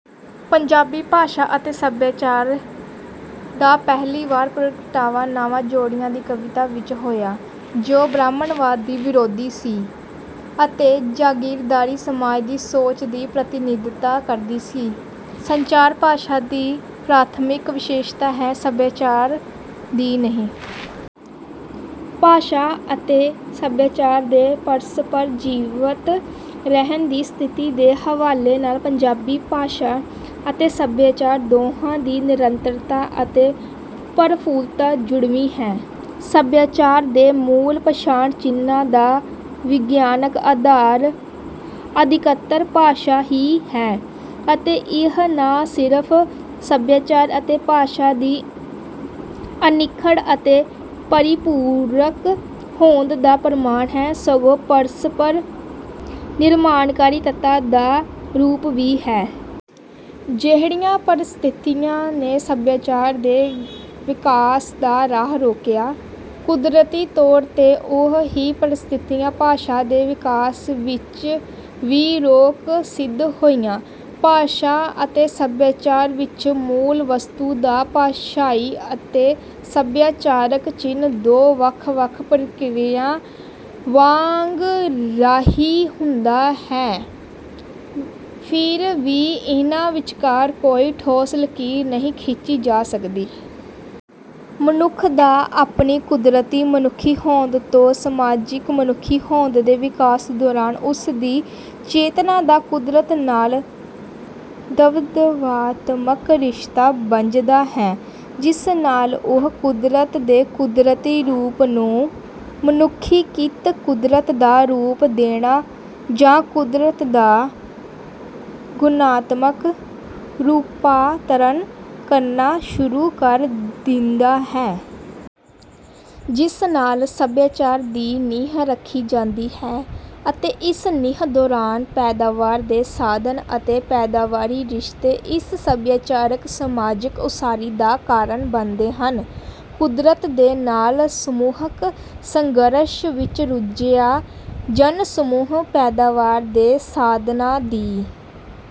ਪੰਜਾਬੀ ਭਾਸ਼ਾ ਅਤੇ ਸਭਿਆਚਾਰ ਦਾ ਪਹਿਲੀ ਵਾਰ ਪ੍ਰਗਟਾਵਾ ਨਾਵਾਂ-ਜੋੜੀਆਂ ਦੀ ਕਵਿਤਾ ਵਿੱਚ ਹੋਇਆ, ਜੋ ਬ੍ਰਾਹਮਣਵਾਦ ਦੀ ਵਿਰੋਧੀ ਸੀ ਅਤੇ ਜਾਗੀਰਦਾਰੀ ਸਮਾਜ ਦੀ ਸੋਚ ਦੀ ਪ੍ਰਤੀਨਿਧਤਾ ਕਰਦੀ ਸੀ। ਸੰਚਾਰ ਭਾਸ਼ਾ ਦੀ ਪ੍ਰਾਥਮਿਕ ਵਿਸ਼ੇਸ਼ਤਾ ਹੈ, ਸਭਿਆਚਾਰ ਦੀ ਨਹੀਂ। ਭਾਸ਼ਾ ਅਤੇ ਸਭਿਆਚਾਰ ਦੇ ਪਰਸਪਰ ਜੀਵੰਤ ਰਹਿਣ ਦੀ ਸਥਿਤੀ ਦੇ ਹਵਾਲੇ ਨਾਲ ਪੰਜਾਬੀ ਭਾਸ਼ਾ ਅਤੇ ਸਭਿਆਚਾਰ ਦੋਹਾਂ ਦੀ ਨਿਰੰਤਰਤਾ ਅਤੇ ਪ੍ਰਫੁੱਲਤਾ ਜੁੜਵੀਂ ਹੈ। ਸਭਿਆਚਾਰ ਦੇ ਮੂਲ ਪਛਾਣ-ਚਿੰਨ੍ਹਾਂ ਦਾ ਵਿਗਿਆਨਕ ਆਧਾਰ ਅਧਿਕਤਰ ਭਾਸ਼ਾ ਹੀ ਹੈ ਅਤੇ ਇਹ ਨਾ ਸਿਰਫ ਸਭਿਆਚਾਰ ਅਤੇ ਭਾਸ਼ਾ ਦੀ ਅਨਿੱਖੜ ਅਤੇ ਪਰਿਪੂਰਕ ਹੋਂਦ ਦਾ ਪ੍ਰਣਾਮ ਹੈ, ਸਗੋਂ ਪਰਸਪਰ ਨਿਰਮਾਣਕਾਰੀ ਤੱਤਾਂ ਦਾ ਰੂਪ ਵੀ ਹੈ। ਜਿਹੜੀਆਂ ਪਰਿਸਥਿਤੀਆਂ ਨੇ ਸੱਭਿਆਚਾਰ ਦੇ ਵਿਕਾਸ ਦਾ ਰਾਹ ਰੋਕਿਆ, ਕੁਦਰਤੀ ਤੌਰ 'ਤੇ ਉਹ ਹੀ ਪਰਿਸਥਿਤੀਆਂ ਭਾਸ਼ਾ ਦੇ ਵਿਕਾਸ ਵਿੱਚ ਵੀ ਰੋਕ ਸਿੱਧ ਹੋਈਆਂ। ਭਾਸ਼ਾ ਅਤੇ ਸਭਿਆਚਾਰ ਵਿੱਚ ਮੂਲ ਵਸਤੂ ਦਾ ਭਾਸ਼ਾਈ ਅਤੇ ਸਭਿਆਚਾਰਕ ਚਿੰਨ੍ਹ ਦੋ ਵੱਖ-ਵੱਖ ਪ੍ਰਕਿਰਿਆ ਵਾਂਗ ਰਾਹੀ ਹੁੰਦਾ ਹੈ, ਫਿਰ ਵੀ ਇਹਨਾਂ ਵਿਚਕਾਰ ਕੋਈ ਠੋਸ ਲਕੀਰ ਨਹੀਂ ਖਿੱਚੀ ਜਾ ਸਕਦੀ। ਮਨੁੱਖ ਦਾ ਆਪਣੀ 'ਕੁਦਰਤੀ ਮਨੁੱਖੀ ਹੋਂਦ' ਤੋਂ 'ਸਮਾਜਿਕ ਮਨੁੱਖੀ ਹੋਂਦ' ਦੇ ਵਿਕਾਸ ਦੌਰਾਨ ਉਸ ਦੀ ਚੇਤਨਾ ਦਾ ਕੁਦਰਤ ਨਾਲ ਦਵੰਦਾਤਮਕ ਰਿਸ਼ਤਾ ਬੱਝਦਾ ਹੈ। ਜਿਸ ਨਾਲ ਉਹ ਕੁਦਰਤ ਦੇ ਕੁਦਰਤੀ ਰੂਪ ਨੂੰ ਮਨੁੱਖੀਕ੍ਰਿਤ ਕੁਦਰਤ ਦਾ ਰੂਪ ਦੇਣਾ ਜਾਂ ਕੁਦਰਤ ਦਾ ਗੁਣਾਤਮਕ ਰੂਪਾਂਤਰਣ ਕਰਨਾ ਸ਼ੁਰੂ ਕਰ ਦਿੰਦਾ ਹੈ। ਜਿਸ ਨਾਲ ਸਭਿਆਚਾਰ ਦੀ ਨੀਂਹ ਰੱਖੀ ਜਾਂਦੀ ਹੈ ਅਤੇ ਇਸ ਨੀਂਹ ਦੌਰਾਨ ਪੈਦਾਵਾਰ ਦੇ ਸਾਧਨ ਅਤੇ ਪੈਦਾਵਾਰੀ ਰਿਸ਼ਤੇ ਇਸ ਸਭਿਆਚਾਰਕ-ਸਮਾਜਕ ਉਸਾਰੀ ਦਾ ਕਾਰਨ ਬਣਦੇ ਹਨ। ਕੁਦਰਤ ਦੇ ਨਾਲ ਸਮੂਹਕ ਸੰਘਰਸ਼ ਵਿੱਚ ਰੁੱਝਿਆ ਜਨ-ਸਮੂਹ ਪੈਦਾਵਾਰ ਦੇ ਸਾਧਨਾਂ ਦੀ